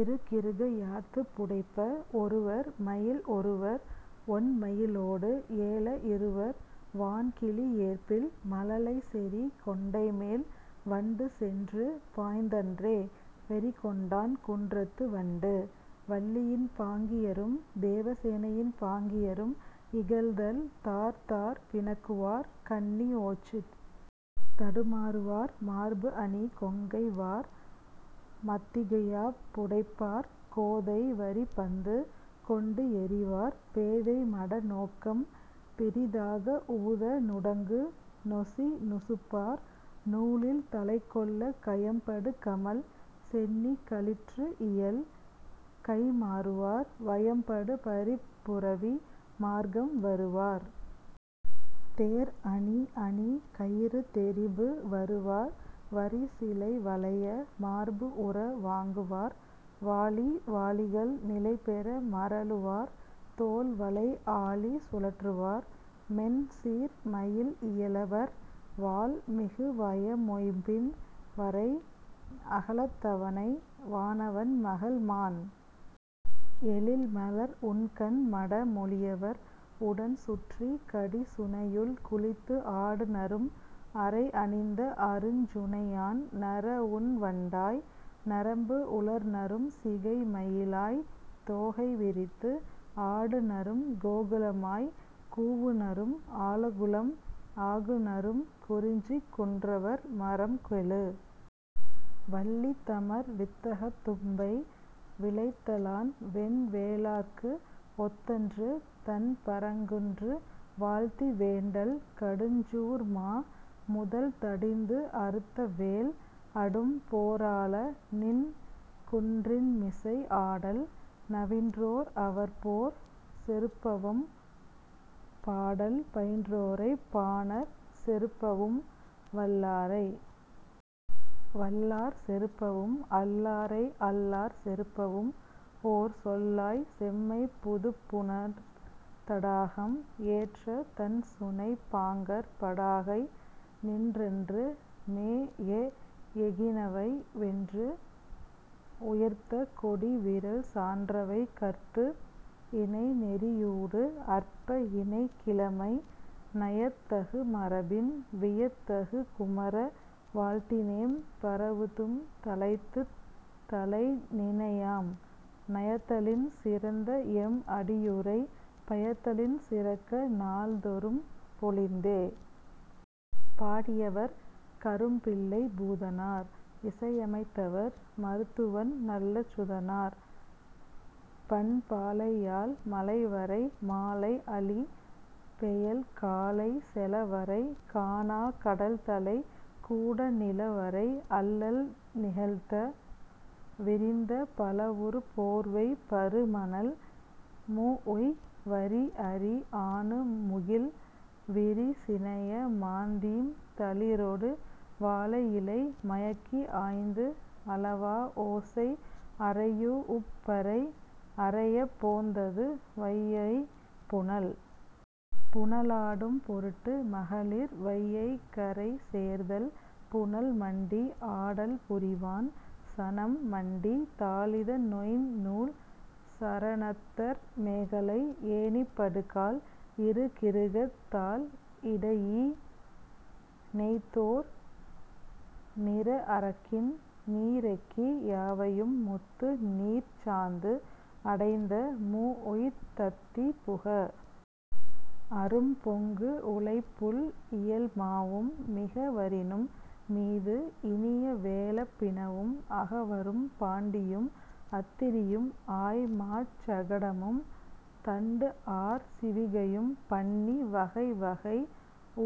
இறுகிறுக யாத்துப் புடைப்ப ஒருவர் மயில் ஒருவர் ஒண் மயிலோடு ஏல இருவர் வான் கிளி ஏற்பில் மழலை செறி கொண்டைமேல் வண்டு சென்று பாய்ந்தன்றே வெறி கொண்டான் குன்றத்து வண்டு. வள்ளியின் பாங்கியரும் தேவசேனையின் பாங்கியரும் இகழ்தல் தார் தார் பிணக்குவார் கண்ணி ஓச்சித் தடுமாறுவார் மார்பு அணி கொங்கை வார் மத்திகையாப் புடைப்பார் கோதை வரிப் பந்து கொண்டு எறிவார் பேதை மட நோக்கம் பிறிதாக ஊத நுடங்கு நொசி நுசுப்பார் நூழில் தலைக்கொள்ள கயம்படு கமழ் சென்னிக் களிற்று இயல் கைம்மாறுவார் வயம்படு பரிப் புரவி மார்க்கம் வருவார் தேர் அணி அணி கயிறு தெரிபு வருவார் வரி சிலை வளைய மார்பு உற வாங்குவார் வாளி வாளிகள் நிலைபெற மறலுவார் தோள் வளை ஆழி சுழற்றுவார் மென் சீர் மயில் இயலவர் வாள் மிகு வய மொய்ம்பின் வரை அகலத்தவனை வானவன் மகள் மாண் எழில் மலர் உண்கண் மட மொழியவர் உடன் சுற்றி கடி சுனையுள் குளித்து ஆடுநரும் அறை அணிந்த அருஞ் சுனையான் நற உண் வண்டாய் நரம்பு உளர்நரும் சிகை மயிலாய்த் தோகை விரித்து ஆடுநரும் கோகுலமாய்க் கூவுநரும் ஆகுலம் ஆகுநரும் குறிஞ்சிக் குன்றவர் மறம் கெழு வள்ளி தமர் வித்தகத் தும்பை விளைத்தலான் வென் வேலாற்கு ஒத்தன்று தண் பரங்குன்று வாழ்த்தி வேண்டல் கடுஞ் சூர் மா முதல் தடிந்து அறுத்த வேல் அடும் போராள நின் குன்றின்மிசை ஆடல் நவின்றோர் அவர் போர் செறுப்பவும் பாடல் பயின்றோரைப் பாணர் செறுப்பவும் வல்லாரை வல்லார் செறுப்பவும் அல்லாரை அல்லார் செறுப்பவும் ஓர் சொல்லாய் செம்மைப் புதுப் புனற் தடாகம் ஏற்ற தண் சுனைப் பாங்கர் படாகை நின்றன்று மேஎ எகினவை வென்று உயர்த்த கொடி விறல் சான்றவை கற்பு இணை நெறியூடு அற்பு இணைக் கிழமை நயத் தகு மரபின் வியத் தகு குமர வாழ்த்தினேம் பரவுதும் தாழ்த்துத் தலை நினை யாம் நயத்தலின் சிறந்த எம் அடியுறை பயத்தலின் சிறக்க நாள்தொறும் பொலிந்தே. பாடியவர் கரும்பிள்ளைப் பூதனார் இசையமைத்தவர் மருத்துவன் நல்லச்சுதனார் பண் பாலையாழ் மலைவரை மாலை அழி பெயல் காலை செல வரை காணாக் கடல்தலைக் கூட நில வரை அல்லல் நிழத்த, விரிந்த பலவுறு போர்வைப் பரு மணல் மூஉய், வரி அரி ஆணு முகிழ் விரி சினைய மாந் தீம் தளிரொடு வாழையிலை மயக்கி ஆய்ந்து அளவா ஓசை அறையூஉப் பறை அறையப் போந்தது வையைப் புனல். புனலாடும் பொருட்டு மகளிர் வையைக் கரை சேர்தல் புனல் மண்டி ஆடல் புரிவான் சனம் மண்டி தாளித நொய்ந் நூல் சரணத்தர் மேகலை ஏணிப்படுகால் இறுகிறுகத் தாள் இடீஇ நெய்த்தோர் நிற அரக்கின் நீரெக்கி யாவையும் முத்து நீர்ச் சாந்து அடைந்த மூஉய்த் தத்தி புக அரும் பொங்குஉளைப் புள் இயல் மாவும் மிக வரினும் மீது இனிய வேழப் பிணவும் அகவரும் பாண்டியும், அத்திரியும் ஆய் மாச் சகடமும் தண்டு ஆர் சிவிகையும் பண்ணி வகை வகை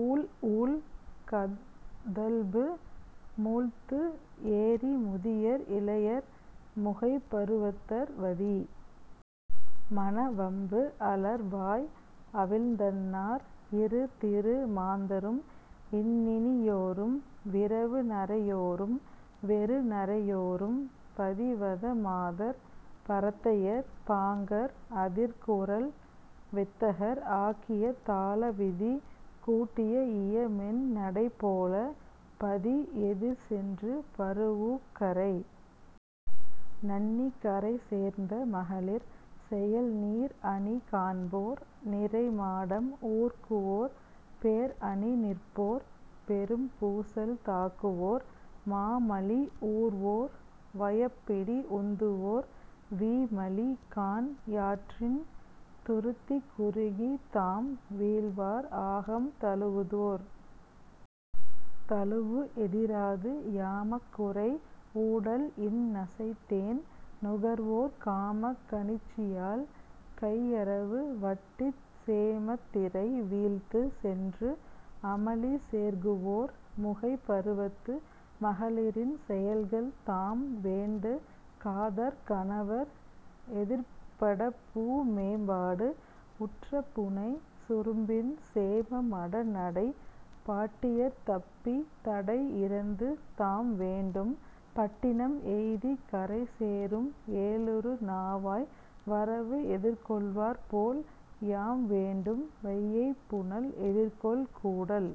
ஊழ் ஊழ் கதழ்பு மூழ்த்து ஏறி முதியர் இளையர் முகைப் பருவத்தர் வதி மண வம்பு அலர் வாய் அவிழ்ந்தன்னார் இரு திரு மாந்தரும் இன்னினியோரும் விரவு நரையோரும் வெறு நரையோரும் பதிவத மாதர் பரத்தையர் பாங்கர் அதிர் குரல் வித்தகர் ஆக்கிய தாள விதி கூட்டிய இய மென் நடை போல பதி எதிர் சென்று பரூஉக் கரை நண்ணி கரை சேர்ந்த மகளிர் செயல் நீர் அணி காண்போர் நிரை மாடம் ஊர்குவோர் பேர் அணி நிற்போர் பெரும் பூசல் தாக்குவோர் மா மலி ஊர்வோர் வயப் பிடி உந்துவோர் வீ மலி கான் யாற்றின் துருத்தி குறுகி தாம் வீழ்வார் ஆகம் தழுவுவோர் தழுவு எதிராது யாமக் குறை ஊடல் இன் நசைத் தேன் நுகர்வோர் காமக் கணிச்சியால் கையறவு வட்டித்து சேமத் திரை வீழ்த்து சென்று அமளி சேர்குவோர் முகைப் பருவத்து மகளிரின் செயல்கள் தாம் வேண்டு காதற் கணவர் எதிர்ப்பட பூ மேம்பாடு உற்ற புனை சுரும்பின் சேம மட நடைப் பாட்டியர்த் தப்பி தடை இறந்து தாம் வேண்டும் பட்டினம் எய்திக் கரை சேரும் ஏழுறு நாவாய் வரவு எதிர்கொள்வார்போல் யாம் வேண்டும் வையைப் புனல் எதிர்கொள் கூடல்.